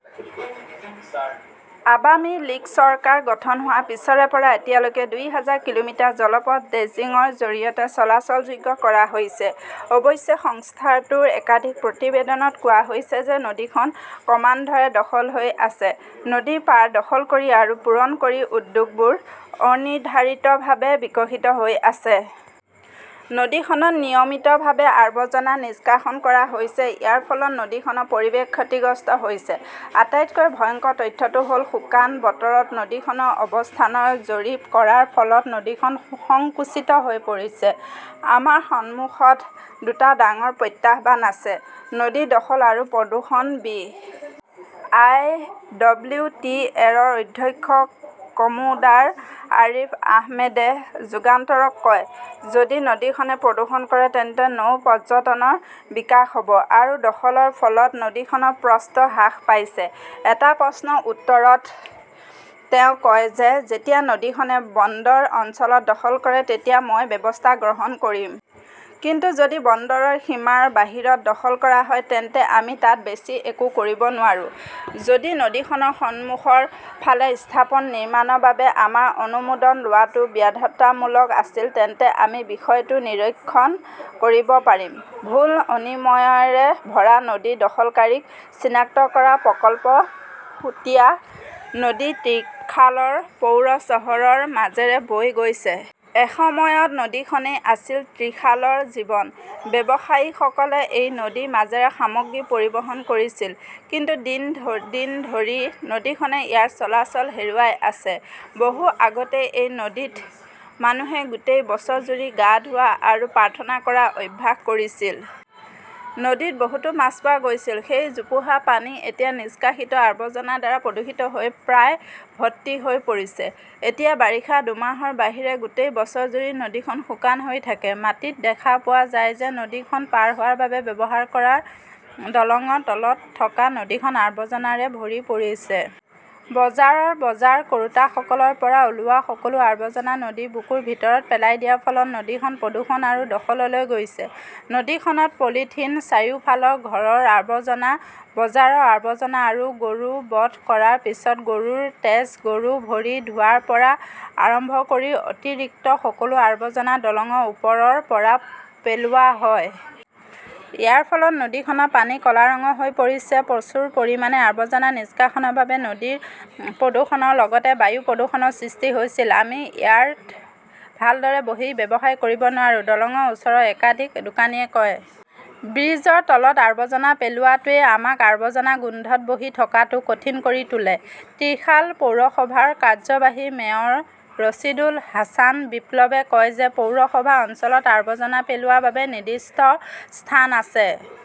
Awami League চৰকাৰ গঠন হোৱাৰ পিছৰে পৰা এতিয়ালৈকে দুই হাজাৰ কিলোমিটাৰ জলপথ ড্ৰেজিংৰ জৰিয়তে চলাচলযোগ্য কৰা হৈছে। অৱশ্যে, সংস্থাটোৰ একাধিক প্ৰতিবেদনত কোৱা হৈছে যে নদীখন ক্ৰমান্বয়ে দখল হৈ আছে। নদীৰ পাৰ দখল কৰি আৰু পূৰণ কৰি উদ্যোগবোৰ অনিৰ্ধাৰিতভাৱে বিকশিত হৈ আছে। নদীখনত নিয়মিতভাৱে আৱৰ্জনা নিষ্কাশন কৰা হৈছে। ইয়াৰ ফলত নদীখনৰ পৰিৱেশ ক্ষতিগ্ৰস্ত হৈছে। আটাইতকৈ ভয়ংকৰ তথ্যটো হ'ল, শুকান বতৰত নদীখনৰ অৱস্থানৰ জৰীপ কৰাৰ ফলত নদীখন সংকুচিত হৈ পৰিছে। "আমাৰ সন্মুখত দুটা ডাঙৰ প্ৰত্যাহ্বান আছে-নদী দখল আৰু প্ৰদূষণ ", বি. আই. ডব্লিউ. টি. এ.ৰ অধ্যক্ষ কমোডাৰ আৰিফ আহমেদে যুগান্তৰক কয়। যদি নদীখনে প্ৰদূষণ কৰে তেন্তে নৌ পৰ্যটনৰ বিকাশ নহ'ব আৰু দখলৰ ফলত নদীখনৰ প্ৰস্থ হ্ৰাস পাইছে। এটা প্ৰশ্নৰ উত্তৰত তেওঁ কয় যে যেতিয়া নদীখনে বন্দৰ অঞ্চলত দখল কৰে তেতিয়া মই ব্যৱস্থা গ্ৰহণ কৰিম। কিন্তু যদি বন্দৰৰ সীমাৰ বাহিৰত দখল কৰা হয়, তেন্তে আমি তাত বেছি একো কৰিব নোৱাৰো। যদি নদীখনৰ সন্মুখৰ ফালে স্থাপন নিৰ্মাণৰ বাবে আমাৰ অনুমোদন লোৱাটো বাধ্যতামূলক আছিল তেন্তে আমি বিষয়টো নিৰীক্ষণ কৰিব পাৰিম। ভুল-অনিয়মৰে ভৰা নদী দখলকাৰীক চিনাক্ত কৰাৰ প্ৰকল্প সুতিয়া নদী ত্ৰিশালৰ পৌৰ চহৰৰ মাজেৰে বৈ গৈছে। এসময়ত নদীখনেই আছিল ত্ৰিশালৰ জীৱন। ব্যৱসায়ীসকলে এই নদীৰ মাজেৰে সামগ্ৰী পৰিবহণ কৰিছিল। কিন্তু দিন দিন ধৰি নদীখনে ইয়াৰ চলাচল হেৰুৱাই আছে। বহু আগতেই এই নদীত মানুহে গোটেই বছৰজুৰি গা ধোৱা আৰু প্ৰাৰ্থনা কৰাৰ অভ্যাস কৰিছিল। নদীত বহুতো মাছ পোৱা গৈছিল। সেই জোপোহা পানী এতিয়া নিষ্কাশিত আৱৰ্জনাৰ দ্বাৰা প্ৰদূষিত হৈ প্ৰায় ভৰ্তি হৈ পৰিছে। এতিয়া বাৰিষাৰ দুমাহৰ বাহিৰে গোটেই বছৰজুৰি নদীখন শুকান হৈ থাকে। মাটিত দেখা পোৱা যায় যে নদীখন পাৰ হোৱাৰ বাবে ব্যৱহাৰ কৰা দলংৰ তলত থকা নদীখন আবৰ্জনাৰে ভৰি পৰিছে। বজাৰৰ বজাৰ কৰোঁতাসকলৰ পৰা ওলোৱা সকলো আৱৰ্জনা নদীৰ বুকুৰ ভিতৰত পেলাই দিয়াৰ ফলত নদীখন প্ৰদূষণ আৰু দখললৈ গৈছে। নদীখনত পলিথিন, চাৰিওফালৰ ঘৰৰ আৱৰ্জনা, বজাৰৰ আৱৰ্জনা আৰু গৰু বধ কৰাৰ পিছত গৰুৰ তেজ, গৰু, ভৰি ধোৱাৰ পৰা আৰম্ভ কৰি অতিৰিক্ত সকলো আৱৰ্জনা দলংৰ ওপৰৰ পৰা পেলোৱা হয়। ইয়াৰ ফলত নদীখনৰ পানী ক 'লা ৰঙৰ হৈ পৰিছে। প্ৰচুৰ পৰিমাণে আৱৰ্জনা নিষ্কাশনৰ বাবে নদীৰ প্ৰদূষণৰ লগতে বায়ু প্ৰদূষণৰ সৃষ্টি হৈছিল। "আমি ইয়াত ভালদৰে বহি ব্যৱসায় কৰিব নোৱাৰো ", দলংৰ ওচৰৰ একাধিক দোকানীয়ে কয়। ব্ৰীজৰ তলত আৱৰ্জনা পেলোৱাটোৱে আমাক আৱৰ্জনাৰ গোন্ধত বহি থকাটো কঠিন কৰি তোলে। ত্ৰিশাল পৌৰসভাৰ কাৰ্যবাহী মেয়ৰ ৰছিদুল হাছান বিপ্লৱে কয় যে পৌৰসভা অঞ্চলত আৱৰ্জনা পেলোৱাৰ বাবে নিৰ্দিষ্ট স্থান আছে।